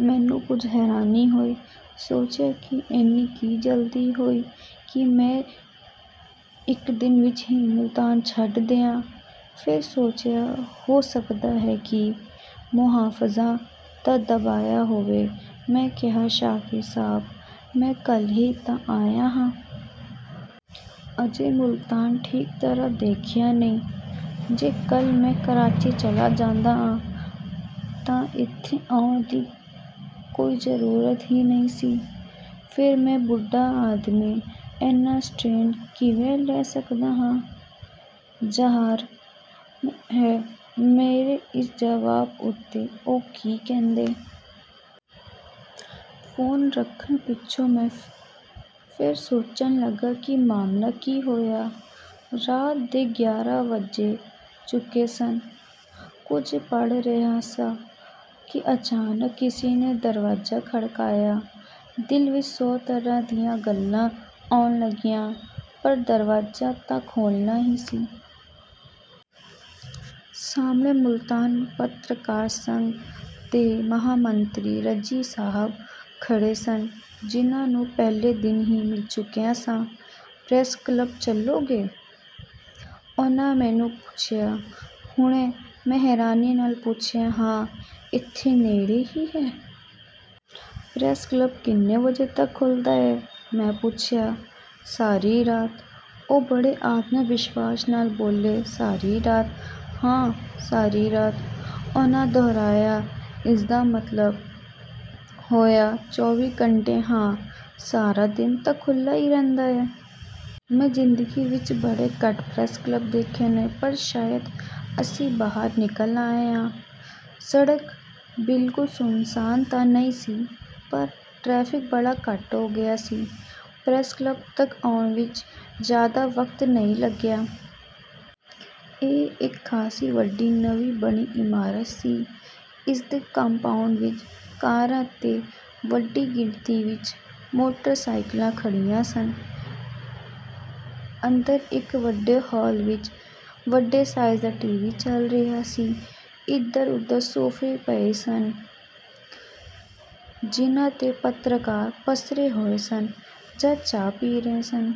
ਮੈਨੂੰ ਕੁਝ ਹੈਰਾਨੀ ਹੋਈ। ਸੋਚਿਆ ਕਿ ਏਨੀ ਕੀ ਜਲਦੀ ਹੋਈ ਕਿ ਮੈਂ ਇਕ ਦਿਨ ਵਿੱਚ ਹੀ ਮੁਲਤਾਨ ਛੱਡ ਦਿਆਂ? ਫੇਰ ਸੋਚਿਆ, ਹੋ ਸਕਦਾ ਹੈ ਕਿ 'ਮੋਹਾਫ਼ਿਜ਼ਾਂ' ਦਾ ਦਬਾਯਾ ਹੋਵੇ। ਮੈਂ ਕਿਹਾ, "ਸ਼ਾਕਿਰ ਸਾਹਬ, ਮੈਂ ਕੱਲ੍ਹ ਹੀ ਤਾਂ ਆਇਆ ਆਂ। ਅਜੇ ਮੁਲਤਾਨ ਠੀਕ ਤਰ੍ਹਾਂ ਦੇਖਿਆ ਨਹੀਂ। ਜੇ ਕੱਲ੍ਹ ਮੈਂ ਕਰਾਚੀ ਚਲਾ ਜਾਂਦਾ ਆਂ ਤਾਂ ਇੱਥੇ ਆਉਣ ਦੀ ਕੋਈ ਜ਼ਰੂਰਤ ਹੀ ਨਹੀਂ ਸੀ। ਫੇਰ ਮੈਂ ਬੁੱਢਾ ਆਦਮੀ, ਏਨਾ ਸਟ੍ਰੇਨ ਕਿਵੇਂ ਲੈ ਸਕਦਾ ਆਂ?" ਜ਼ਾਹਰ ਹੈ, ਮੇਰੇ ਇਸ ਜਵਾਬ ਉੱਤੇ ਉਹ ਕੀ ਕਹਿੰਦੇ? ਫ਼ੋਨ ਰੱਖਣ ਪਿੱਛੋਂ ਮੈਂ ਫੇਰ ਸੋਚਣ ਲੱਗਾ ਕਿ ਮਾਮਲਾ ਕੀ ਹੋਇਆ? ਰਾਤ ਦੇ ਗਿਆਰਾਂ ਵੱਜ ਚੁੱਕੇ ਸਨ। ਕੁਝ ਪੜ੍ਹ ਰਿਹਾ ਸਾਂ ਕਿ ਅਚਾਨਕ ਕਿਸੇ ਨੇ ਦਰਵਾਜ਼ਾ ਖੜਕਾਇਆ। ਦਿਲ ਵਿੱਚ ਸੌ ਤਰ੍ਹਾਂ ਦੀਆਂ ਗੱਲਾਂ ਆਉਣ ਲੱਗੀਆਂ, ਪਰ ਦਰਵਾਜ਼ਾ ਤਾਂ ਖੋਲ੍ਹਣਾ ਹੀ ਸੀ। ਸਾਹਮਣੇ ਮੁਲਤਾਨ ਪੱਤਰਕਾਰ ਸੰਘ ਦੇ ਮਹਾਮੰਤਰੀ ਰਜ਼ੀ ਸਾਹਬ ਖੜ੍ਹੇ ਸਨ, ਜਿਨ੍ਹਾਂ ਨੂੰ ਪਹਿਲੇ ਦਿਨ ਹੀ ਮਿਲ ਚੁੱਕਿਆ ਸਾਂ। "ਪ੍ਰੈਸ ਕਲੱਬ ਚਲੋਗੇ?" ਉਹਨਾਂ ਮੈਨੂੰ ਪੁੱਛਿਆ। "ਹੁਣੇ!" ਮੈਂ ਹੈਰਾਨੀ ਨਾਲ ਪੁੱਛਿਆ। "ਹਾਂ... ਇੱਥੇ ਨੇੜੇ ਹੀ ਏ।" "ਪ੍ਰੈਸ ਕਲੱਬ ਕਿੰਨੇ ਵਜੇ ਤੱਕ ਖੁੱਲ੍ਹਦਾ ਏ?" ਮੈਂ ਪੁੱਛਿਆ। "ਸਾਰੀ ਰਾਤ।" ਉਹ ਬੜੇ ਆਤਮ-ਵਿਸ਼ਵਾਸ ਨਾਲ ਬੋਲੇ। "ਸਾਰੀ ਰਾਤ?" "ਹਾਂ... ਸਾਰੀ ਰਾਤ।" ਉਹਨਾਂ ਦੋਹਰਾਇਆ। "ਇਸਦਾ ਮਤਲਬ ਹੋਇਆ ਚੌਵੀ ਘੰਟੇ?" "ਹਾਂ... ਸਾਰਾ ਦਿਨ ਤਾਂ ਖੁੱਲ੍ਹਾ ਹੀ ਰਹਿੰਦਾ ਏ।" "ਮੈਂ ਜ਼ਿੰਦਗੀ ਵਿੱਚ ਬੜੇ ਘੱਟ ਪ੍ਰੈਸ ਕਲੱਬ ਦੇਖੇ ਨੇ... ਪਰ ਸ਼ਾਇਦ..." ਅਸੀਂ ਬਾਹਰ ਨਿਕਲ ਆਏ। ਸੜਕ ਬਿਲਕੁਲ ਸੁੰਨਸਾਨ ਤਾਂ ਨਹੀਂ ਸੀ, ਪਰ ਟ੍ਰੈਫਿਕ ਬੜਾ ਘੱਟ ਹੋ ਗਿਆ ਸੀ। ਪ੍ਰੈਸ ਕਲੱਬ ਤੱਕ ਆਉਣ ਵਿੱਚ ਜ਼ਿਆਦਾ ਵਕਤ ਨਹੀਂ ਲੱਗਿਆ। ਇਹ ਇਕ ਖਾਸੀ ਵੱਡੀ, ਨਵੀਂ ਬਣੀ ਇਮਾਰਤ ਸੀ। ਇਸਦੇ ਕੰਪਾਊਂਡ ਵਿੱਚ ਕਾਰਾਂ ਤੇ ਵੱਡੀ ਗਿਣਤੀ ਵਿੱਚ ਮੋਟਰ-ਸਾਈਕਲਾਂ ਖੜ੍ਹੀਆਂ ਸਨ। ਅੰਦਰ ਇਕ ਵੱਡੇ ਹਾਲ ਵਿੱਚ ਵੱਡੇ ਸਾਈਜ਼ ਦਾ ਟੀਵੀ ਚੱਲ ਰਿਹਾ ਸੀ। ਇਧਰ-ਉਧਰ ਸੋਫੇ ਪਏ ਸਨ, ਜਿਨ੍ਹਾਂ 'ਤੇ ਪੱਤਰਕਾਰ ਪੱਸਰੇ ਹੋਏ ਸਨ ਜਾਂ ਚਾਹ ਪੀ ਰਹੇ ਸਨ।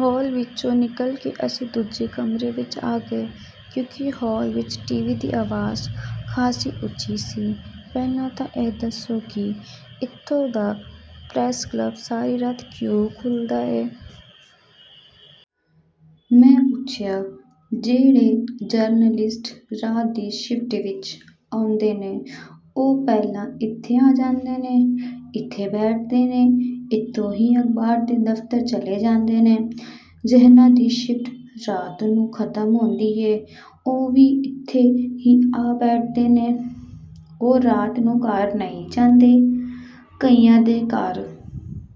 ਹਾਲ ਵਿੱਚੋਂ ਨਿਕਲ ਕੇ ਅਸੀਂ ਦੂਜੇ ਕਮਰੇ ਵਿੱਚ ਆ ਗਏ, ਕਿਉਂਕਿ ਹਾਲ ਵਿੱਚ ਟੀਵੀ ਦੀ ਆਵਾਜ਼ ਖਾਸੀ ਉੱਚੀ ਸੀ। "ਪਹਿਲਾਂ ਤਾਂ ਇਹ ਦੱਸੋ ਕਿ ਇੱਥੋਂ ਦਾ ਪ੍ਰੈਸ ਕਲੱਬ ਸਾਰੀ ਰਾਤ ਕਿਉਂ ਖੁੱਲ੍ਹਦਾ ਏ?" ਮੈਂ ਪੁੱਛਿਆ। "ਜਿਹੜੇ ਜਰਨਲਿਸਟ ਰਾਤ ਦੀ ਸ਼ਿਫ਼ਟ ਵਿੱਚ ਆਉਂਦੇ ਨੇ, ਉਹ ਪਹਿਲਾਂ ਇੱਥੇ ਆ ਜਾਂਦੇ ਨੇ। ਇੱਥੇ ਬੈਠਦੇ ਨੇ, ਇੱਥੋਂ ਹੀ ਅਖ਼ਬਾਰ ਦੇ ਦਫ਼ਤਰ ਚਲੇ ਜਾਂਦੇ ਨੇ। ਜਿਹਨਾਂ ਦੀ ਸ਼ਿਫ਼ਟ ਰਾਤ ਨੂੰ ਖ਼ਤਮ ਹੁੰਦੀ ਏ, ਉਹ ਵੀ ਇੱਥੇ ਹੀ ਆ ਬੈਠਦੇ ਨੇ।" "ਉਹ ਰਾਤ ਨੂੰ ਘਰ ਨਹੀਂ ਜਾਂਦੇ?" "ਕਈਆਂ ਦੇ ਘਰ..."